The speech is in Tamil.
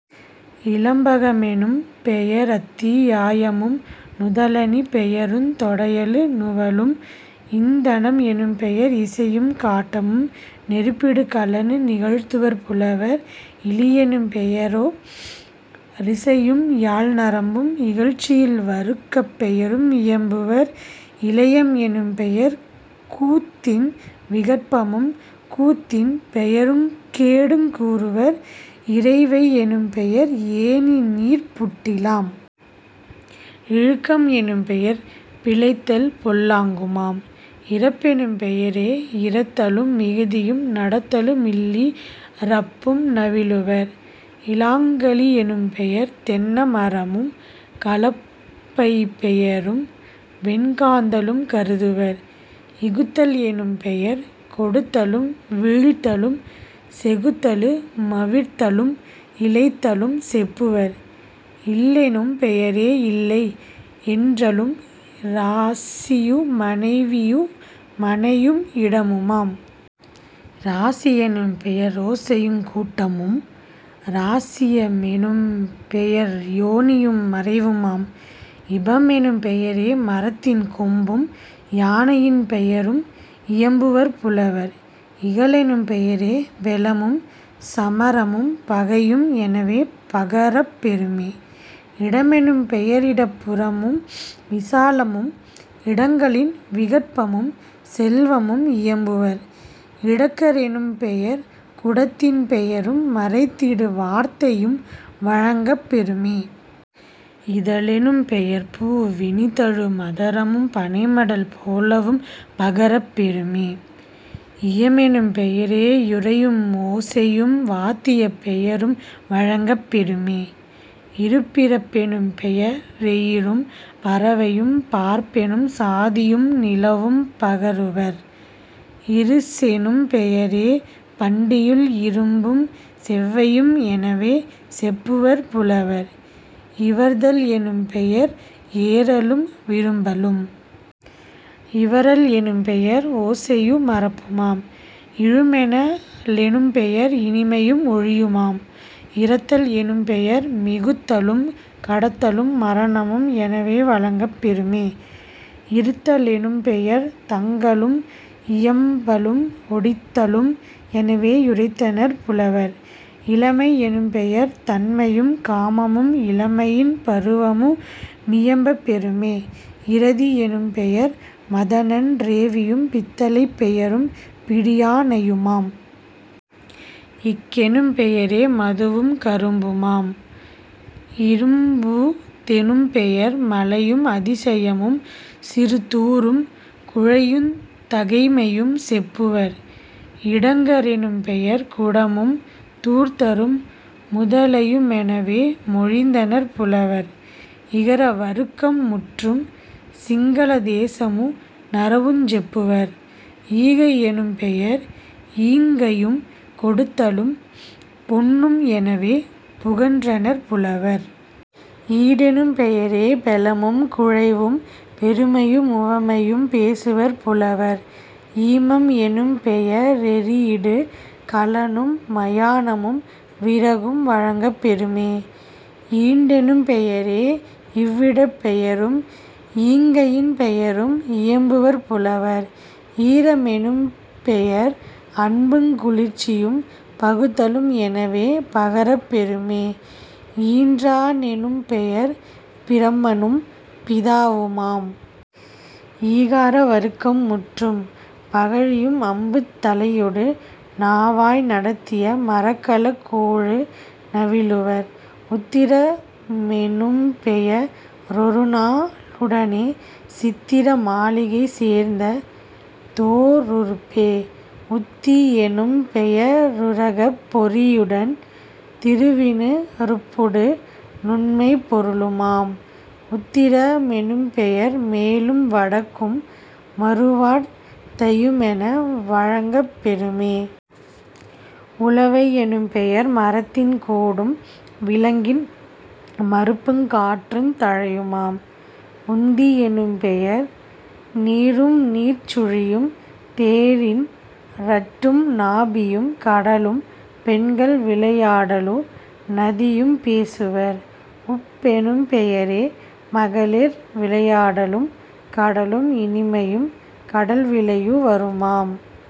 இலம்பக மெனும்பெய ரத்தி யாயமும் நுதலணிப் பெயருந் தொடையலு நுவலும்..... இந்தனம் எனும்பெயர் இசையும் காட்டமும் நெருப்பிடு கலனு நிகழ்த்துவர் புலவர்..... இளியெனும் பெயரோ ரிசையும் யாழ்நரம்பும் இகழ்ச்சியில் வருக்கப் பெயரும் இயம்புவர்..... இலையம் எனும்பெயர் கூத்தின் விகற்பமும் கூத்தின் பெயருங் கேடுங் கூறுவர்..... இறைவை யெனும்பெயர் ஏணிநீர்ப் புட்டிலாம்..... இழுக்கம் எனும்பெயர் பிழைத்தல் பொல்லாங்குமாம்..... இறப்பெனும் பெயரே யிறத்தலும் மிகுதியும் நடத்தலு மில்லி றப்பும் நவிலுவர்..... இலாங்கலி யெனும்பெயர் தென்ன மரமும் கலப்பைப் பெயரும் வெண்காந்தளும் கருதுவர்..... இகுத்தல் எனும்பெயர் கொடுத்தலும் வீழ்த்தலும் செகுத்தலு மவிர்தலும் இளைத்தலும் செப்புவர்..... இல்லெனும் பெயரே யில்லை யென்றலும் இராசியு மனைவியு மனையும் இடமுமாம்..... இராசி யெனும்பெய ரோசையுங் கூட்டமும்..... இராசிய மெனும்பெயர் யோனியும் மறைவுமாம்..... இபமெனும் பெயரே மரத்தின் கொம்பும்। யானையின் பெயரும் இயம்புவர் புலவர்..... இகலெனும் பெயரே பெலமும் சமரமும் பகையும் எனவே பகரப் பெறுமே..... இடமெனும் பெயரிடப் புறமும் விசாலமும் இடங்களின் விகற்பமும் செல்வமும் இயம்புவர்..... இடக்க ரெனும்பெயர் குடத்தின் பெயரும் மறைத்திடு வார்த்தையும் வழங்கப் பெறுமே..... இதழெனும் பெயர்பூ வினிதழு மதரமும் பனைமடல் போலவும் பகரப் பெறுமே..... இயமெனும் பெயரே யுரையும் ஓசையும் வாத்தியப் பெயரும் வழங்கப் பெறுமே..... இருபிறப் பெனும்பெய ரெயிறும் பறவையும் பார்ப்பெனும் சாதியும் நிலவும் பகருவர்..... இருசெனும் பெயரே பண்டியுள் இரும்பும் செவ்வையும் எனவே செப்புவர் புலவர்..... இவர்தல் எனும்பெயர் ஏறலும் விரும்பலும்..... இவறல் எனும்பெயர் ஓசையு மறப்புமாம்..... இழுமென லெனும்பெயர் இனிமையும் ஒலியுமாம்..... இறத்தல் எனும்பெயர் மிகுத்தலும் கடத்தலும் மரணமும் எனவே வழங்கப் பெறுமே..... இறுத்த லெனும்பெயர் தங்கலும் இயம்பலும் ஒடித்தலும் எனவே யுரைத்தனர் புலவர்..... இளமை யெனும்பெயர் தண்மையும் காமமும் இளமையின் பருவமு மியம்பப் பெறுமே..... இரதி யெனும்பெயர் மதனன் றேவியும் பித்தளைப் பெயரும் பிடியா னையுமாம்..... இக்கெனும் பெயரே மதுவும் கரும்புமாம்..... இறும்பூ தெனும்பெயர் மலையும் அதிசயமும் சிறுதூறும் குழையுந் தகைமையும் செப்புவர்..... இடங்க ரெனும்பெயர் குடமும் தூர்த்தரும் முதலையு மெனவே மொழிந்தனர் புலவர்..... இகர வருக்கம் முற்றும். சிங்கள தேசமு நறவுஞ் செப்புவர்..... ஈகை யெனும்பெயர் ஈங்கையும் கொடுத்தலும் பொன்னும் எனவே புகன்றனர் புலவர்..... ஈடெனும் பெயரே பெலமும் குழைவும் பெருமையு முவமையும் பேசுவர் புலவர்..... ஈமம் எனும்பெய ரெரியிடு கலனும் மயானமும் விறகும் வழங்கப் பெறுமே..... ஈண்டெனும் பெயரே யிவ்விடப் பெயரும் ஈங்கையின் பெயரும் இயம்புவர் புலவர்..... ஈர மெனும்பெயர் அன்புங் குளிர்ச்சியும் பகுத்தலும் எனவே பகரப் பெறுமே..... ஈன்றா னெனும்பெயர் பிரமனும் பிதாவுமாம்..... ஈகார வருக்கம் முற்றும். பகழியும் அம்புத் தலையொடு நாவாய் நடத்திய மரக்கலக் கோலு நவிலுவர்..... உத்திர மெனும்பெய ரொருநா ளுடனே சித்திர மாளிகை சேர்ந்த தோருறுப்பே..... உத்தி யெனும் பெய ருரகப் பொறியுடன் திருவினு றுப்பொடு நுண்மைப் பொருளுமாம்..... உத்திர மெனும்பெயர் மேலும் வடக்கும் மறுவார்த் தையுமென வழங்கப்பெறுமே..... உலவை யெனும்பெயர் மரத்தின் கோடும் விலங்கின் மருப்புங் காற்றுந் தழையுமாம்..... உந்தி யெனும்பெயர் நீரும்நீர்ச் சுழியும் தேரின் றட்டும் நாபியும் கடலும் பெண்கள் விளையாடலு நதியும் பேசுவர்..... உப்பெனும் பெயரே மகளிர் விளையாடலும் கடலும் இனிமையும் கடல்விளையு வருமாம்...